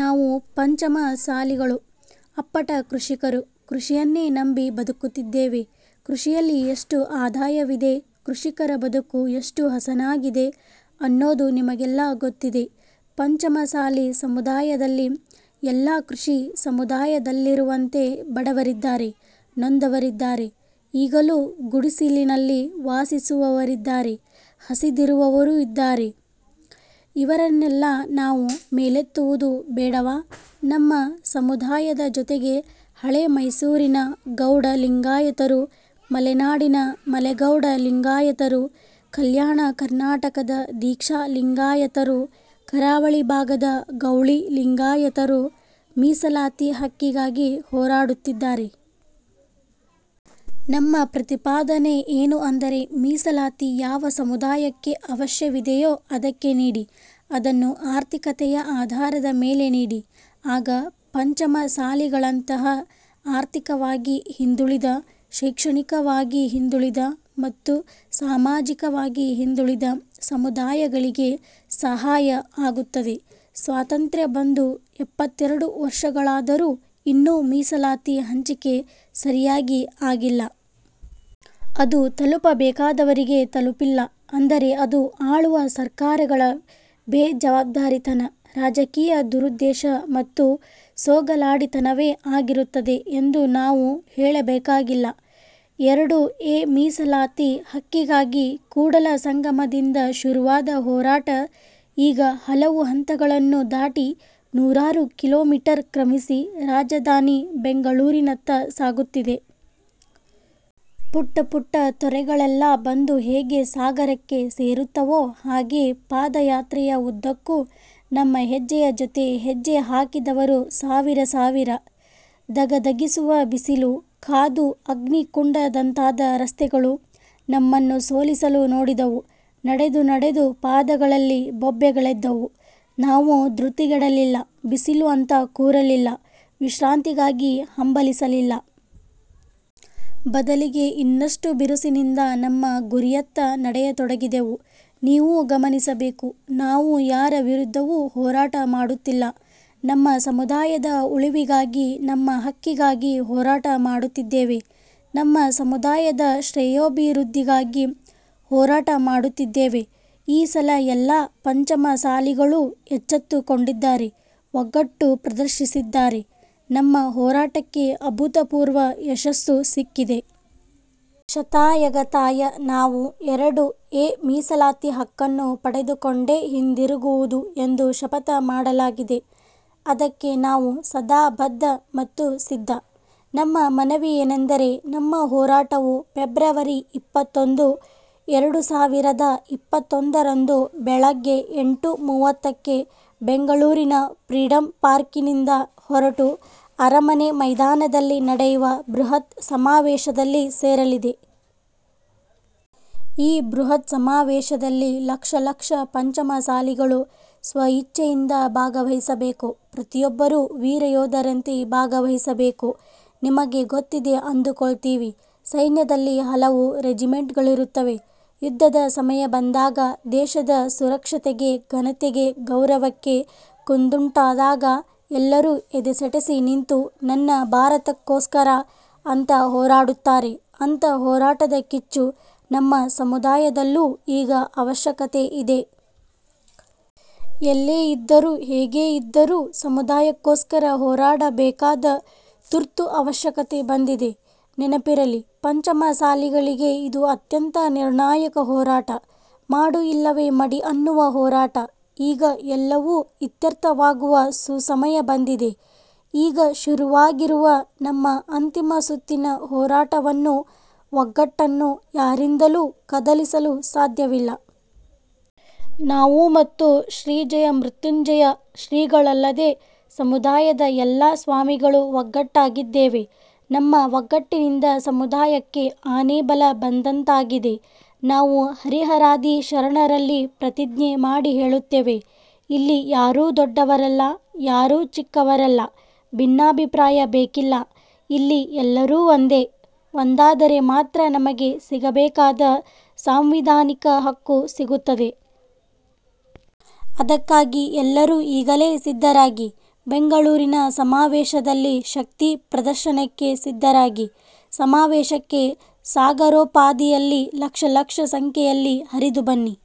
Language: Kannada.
ನಾವು ಪಂಚಮಸಾಲಿಗಳು ಅಪ್ಪಟ ಕೃಷಿಕರು. ಕೃಷಿಯನ್ನೇ ನಂಬಿ ಬದುಕುತ್ತಿದ್ದೇವೆ. ಕೃಷಿಯಲ್ಲಿ ಎಷ್ಟುಆದಾಯವಿದೆ, ಕೃಷಿಕರ ಬದುಕು ಎಷ್ಟುಹಸನಾಗಿದೆ ಅನ್ನೋದು ನಿಮಗೆಲ್ಲಾ ಗೊತ್ತಿದೆ. ಪಂಚಮಸಾಲಿ ಸಮುದಾಯದಲ್ಲಿ ಎಲ್ಲಾ ಕೃಷಿ ಸಮುದಾಯದಲ್ಲಿರುವಂತೆ ಬಡವರಿದ್ದಾರೆ. ನೊಂದವರಿದ್ದಾರೆ. ಈಗಲೂ ಗುಡಿಸಿಲಿನಲ್ಲಿ ವಾಸಿಸುವವರಿದ್ದಾರೆ. ಹಸಿದಿರುವವರೂ ಇದ್ದಾರೆ. ಇವರನ್ನೆಲ್ಲಾ ನಾವು ಮೇಲೆತ್ತುವುದು ಬೇಡವಾ? ನಮ್ಮ ಸಮುದಾಯದ ಜೊತೆಗೆ ಹಳೇ ಮೈಸೂರಿನ ಗೌಡ ಲಿಂಗಾಯತರು, ಮಲೆನಾಡಿನ ಮಲೆಗೌಡ ಲಿಂಗಾಯತರು, ಕಲ್ಯಾಣ ಕರ್ನಾಟಕದ ದಿಕ್ಷಾ ಲಿಂಗಾಯತರು, ಕರಾವಳಿ ಭಾಗದ ಗೌಳಿ ಲಿಂಗಾಯತರು ಮೀಸಲಾತಿ ಹಕ್ಕಿಗಾಗಿ ಹೋರಾಡುತ್ತಿದ್ದಾರೆ. ನಮ್ಮ ಪ್ರತಿಪಾದನೆ ಏನು ಅಂದರೆ, ಮೀಸಲಾತಿ ಯಾವ ಸಮುದಾಯಕ್ಕೆ ಅವಶ್ಯವಿದೆಯೋ ಅದಕ್ಕೆ ನೀಡಿ. ಅದನ್ನು ಆರ್ಥಿಕತೆಯ ಆಧಾರದ ಮೇಲೆ ನೀಡಿ. ಆಗ ಪಂಚಮಸಾಲಿಗಳಂತಹ ಆರ್ಥಿಕವಾಗಿ ಹಿಂದುಳಿದ ಶೈಕ್ಷಣಿಕವಾಗಿ ಹಿಂದುಳಿದ ಮತ್ತು ಸಾಮಾಜಿಕವಾಗಿ ಹಿಂದುಳಿದ ಸಮುದಾಯಗಳಿಗೆ ಸಹಾಯ ಆಗುತ್ತದೆ. ಸ್ವಾತಂತ್ರ್ಯ ಬಂದು ಎಪ್ಪತ್ತೆರಡು ವರ್ಷಗಳಾದರೂ ಇನ್ನೂ ಮೀಸಲಾತಿ ಹಂಚಿಕೆ ಸರಿಯಾಗಿ ಆಗಿಲ್ಲ. ಅದು ತಲುಪಬೇಕಾದವರಿಗೆ ತಲುಪಿಲ್ಲ ಅಂದರೆ ಅದು ಆಳುವ ಸರ್ಕಾರಗಳ ಬೇಜವಾಬ್ದಾರಿತನ, ರಾಜಕೀಯ ದುರುದ್ದೇಶ ಮತ್ತು ಸೋಗಲಾಡಿತನವೇ ಆಗಿರುತ್ತದೆ ಎಂದು ನಾವು ಹೇಳಬೇಕಾಗಿಲ್ಲ. ಎರಡು ಎ ಮೀಸಲಾತಿ ಹಕ್ಕಿಗಾಗಿ ಕೂಡಲಸಂಗಮದಿಂದ ಶುರುವಾದ ಹೋರಾಟ ಈಗ ಹಲವು ಹಂತಗಳನ್ನು ದಾಟಿ, ನೂರಾರು ಕಿಲೋಮೀಟರ್ ಕ್ರಮಿಸಿ ರಾಜಧಾನಿ ಬೆಂಗಳೂರಿನತ್ತ ಸಾಗುತ್ತಿದೆ. ಪುಟ್ಟಪುಟ್ಟತೊರೆಗಳೆಲ್ಲಾ ಬಂದು ಹೇಗೆ ಸಾಗರಕ್ಕೆ ಸೇರುತ್ತವೋ ಹಾಗೆ ಪಾದಯಾತ್ರೆಯ ಉದ್ದಕ್ಕೂ ನಮ್ಮ ಹೆಜ್ಜೆಯ ಜೊತೆ ಹೆಜ್ಜೆ ಹಾಕಿದವರು ಸಾವಿರ ಸಾವಿರ. ಧಗಧಗಿಸುವ ಬಿಸಿಲು, ಕಾದು ಅಗ್ನಿಕುಂಡದಂತಾದ ರಸ್ತೆಗಳು ನಮ್ಮನ್ನು ಸೋಲಿಸಲು ನೋಡಿದವು. ನಡೆದು ನಡೆದು ಪಾದಗಳಲ್ಲಿ ಬೊಬ್ಬೆಗಳೆದ್ದವು. ನಾವು ಧೃತಿಗೆಡಲಿಲ್ಲ. ಬಿಸಿಲು ಅಂತ ಕೂರಲಿಲ್ಲ. ವಿಶ್ರಾಂತಿಗಾಗಿ ಹಂಬಲಿಸಲಿಲ್ಲ. ಬದಲಿಗೆ ಇನ್ನಷ್ಟುಬಿರುಸಿನಿಂದ ನಮ್ಮ ಗುರಿಯತ್ತ ನಡೆಯತೊಡಗಿದೆವು. ನೀವು ಗಮನಿಸಬೇಕು, ನಾವು ಯಾರ ವಿರುದ್ಧವೂ ಹೋರಾಟ ಮಾಡುತ್ತಿಲ್ಲ. ನಮ್ಮ ಸಮುದಾಯದ ಉಳಿವಿಗಾಗಿ ನಮ್ಮ ಹಕ್ಕಿಗಾಗಿ ಹೋರಾಟ ಮಾಡುತ್ತಿದ್ದೇವೆ. ನಮ್ಮ ಸಮುದಾಯದ ಶ್ರೇಯೋಭಿವೃದ್ಧಿಗಾಗಿ ಹೋರಾಟ ಮಾಡುತ್ತಿದ್ದೇವೆ. ಈ ಸಲ ಎಲ್ಲಾ ಪಂಚಮಸಾಲಿಗಳೂ ಎಚ್ಚತ್ತುಕೊಂಡಿದ್ದಾರೆ. ಒಗ್ಗಟ್ಟು ಪ್ರದರ್ಶಿಸಿದ್ದಾರೆ. ನಮ್ಮ ಹೋರಾಟಕ್ಕೆ ಅಭೂತಪೂರ್ವ ಯಶಸ್ಸು ಸಿಕ್ಕಿದೆ. ಶತಾಯಗತಾಯ ನಾವು ಎರಡು ಎ ಮೀಸಲಾತಿ ಹಕ್ಕನ್ನು ಪಡೆದುಕೊಂಡೇ ಹಿಂದಿರುಗುವುದು ಎಂದು ಶಪಥ ಮಾಡಲಾಗಿದೆ. ಅದಕ್ಕೆ ನಾವು ಸದಾ ಬದ್ಧ ಮತ್ತು ಸಿದ್ಧ. ನಮ್ಮ ಮನವಿಯೇನೆಂದರೆ, ನಮ್ಮ ಹೋರಾಟವು ಫೆಬ್ರವರಿ ಇಪ್ಪತ್ತೊಂದು, ಎರಡು ಸಾವಿರದ ಇಪ್ಪತ್ತೊಂದರಂದು ಬೆಳಗ್ಗೆ ಎಂಟು ಮೂವತ್ತಕ್ಕೆ ಬೆಂಗಳೂರಿನ ಫ್ರೀಡಂ ಪಾರ್ಕ್ನಿಂದ ಹೊರಟು ಅರಮನೆ ಮೈದಾನದಲ್ಲಿ ನಡೆಯುವ ಬೃಹತ್ ಸಮಾವೇಶದಲ್ಲಿ ಸೇರಲಿದೆ. ಈ ಬೃಹತ್ ಸಮಾವೇಶದಲ್ಲಿ ಲಕ್ಷಲಕ್ಷ ಪಂಚಮಸಾಲಿಗಳು ಸ್ವಇಚ್ಛೆಯಿಂದ ಭಾಗವಹಿಸಬೇಕು. ಪ್ರತಿಯೊಬ್ಬರೂ ವೀರ ಯೋಧರಂತೆ ಭಾಗವಹಿಸಬೇಕು. ನಿಮಗೆ ಗೊತ್ತಿದೆ ಅಂದುಕೊಳ್ತೀವಿ. ಸೈನ್ಯದಲ್ಲಿ ಹಲವು ರೆಜಿಮೆಂಟ್ಗಳಿರುತ್ತವೆ. ಯುದ್ಧದ ಸಮಯ ಬಂದಾಗ, ದೇಶದ ಸುರಕ್ಷತೆಗೆ ಘನತೆಗೆ ಗೌರವಕ್ಕೆ ಕುಂದುಂಟಾದಾಗ ಎಲ್ಲರೂ ಎದೆಸೆಟೆಸಿ ನಿಂತು ನನ್ನ ಭಾರತಕ್ಕೋಸ್ಕರ ಅಂತ ಹೋರಾಡುತ್ತಾರೆ. ಅಂಥ ಹೋರಾಟದ ಕಿಚ್ಚು ನಮ್ಮ ಸಮುದಾಯದಲ್ಲೂ ಈಗ ಅವಶ್ಯಕತೆ ಇದೆ. ಎಲ್ಲೇ ಇದ್ದರೂ ಹೇಗೆ ಇದ್ದರೂ ಸಮುದಾಯಕ್ಕೋಸ್ಕರ ಹೋರಾಡಬೇಕಾದ ತುರ್ತು ಅವಶ್ಯಕತೆ ಬಂದಿದೆ. ನೆನಪಿರಲಿ, ಪಂಚಮಸಾಲಿಗಳಿಗೆ ಇದು ಅತ್ಯಂತ ನಿರ್ಣಾಯಕ ಹೋರಾಟ. ಮಾಡು ಇಲ್ಲವೆ ಮಡಿ ಅನ್ನುವ ಹೋರಾಟ. ಈಗ ಎಲ್ಲವೂ ಇತ್ಯರ್ಥವಾಗುವ ಸುಸಮಯ ಬಂದಿದೆ. ಈಗ ಶುರುವಾಗಿರುವ ನಮ್ಮ ಅಂತಿಮ ಸುತ್ತಿನ ಹೋರಾಟವನ್ನು, ಒಗ್ಗಟ್ಟನ್ನು ಯಾರಿಂದಲೂ ಕದಲಿಸಲು ಸಾಧ್ಯವಿಲ್ಲ. ನಾವು ಮತ್ತು ಶ್ರೀ ಜಯಮೃತ್ಯುಂಜಯ ಶ್ರೀಗಳಲ್ಲದೆ ಸಮುದಾಯದ ಎಲ್ಲಾ ಸ್ವಾಮಿಗಳು ಒಗ್ಗಟ್ಟಾಗಿದ್ದೇವೆ. ನಮ್ಮ ಒಗ್ಗಟ್ಟಿನಿಂದ ಸಮುದಾಯಕ್ಕೆ ಆನೆ ಬಲ ಬಂದಂತಾಗಿದೆ. ನಾವು ಹರಿಹರಾದಿ ಶರಣರಲ್ಲಿ ಪ್ರತಿಜ್ಞೆ ಮಾಡಿ ಹೇಳುತ್ತೇವೆ, ಇಲ್ಲಿ ಯಾರೂ ದೊಡ್ಡವರಲ್ಲ. ಯಾರೂ ಚಿಕ್ಕವರಲ್ಲ. ಭಿನ್ನಾಭಿಪ್ರಾಯ ಬೇಕಿಲ್ಲ. ಇಲ್ಲಿ ಎಲ್ಲರೂ ಒಂದೆ. ಒಂದಾದರೆ ಮಾತ್ರ ನಮಗೆ ಸಿಗಬೇಕಾದ ಸಾಂವಿಧಾನಿಕ ಹಕ್ಕು ಸಿಗುತ್ತದೆ. ಅದಕ್ಕಾಗಿ ಎಲ್ಲರೂ ಈಗಲೇ ಸಿದ್ಧರಾಗಿ. ಬೆಂಗಳೂರಿನ ಸಮಾವೇಶದಲ್ಲಿ ಶಕ್ತಿ ಪ್ರದರ್ಶನಕ್ಕೆ ಸಿದ್ಧರಾಗಿ. ಸಮಾವೇಶಕ್ಕೆ ಸಾಗರೋಪಾದಿಯಲ್ಲಿ ಲಕ್ಷ ಲಕ್ಷ ಸಂಖ್ಯೆಯಲ್ಲಿ ಹರಿದುಬನ್ನಿ.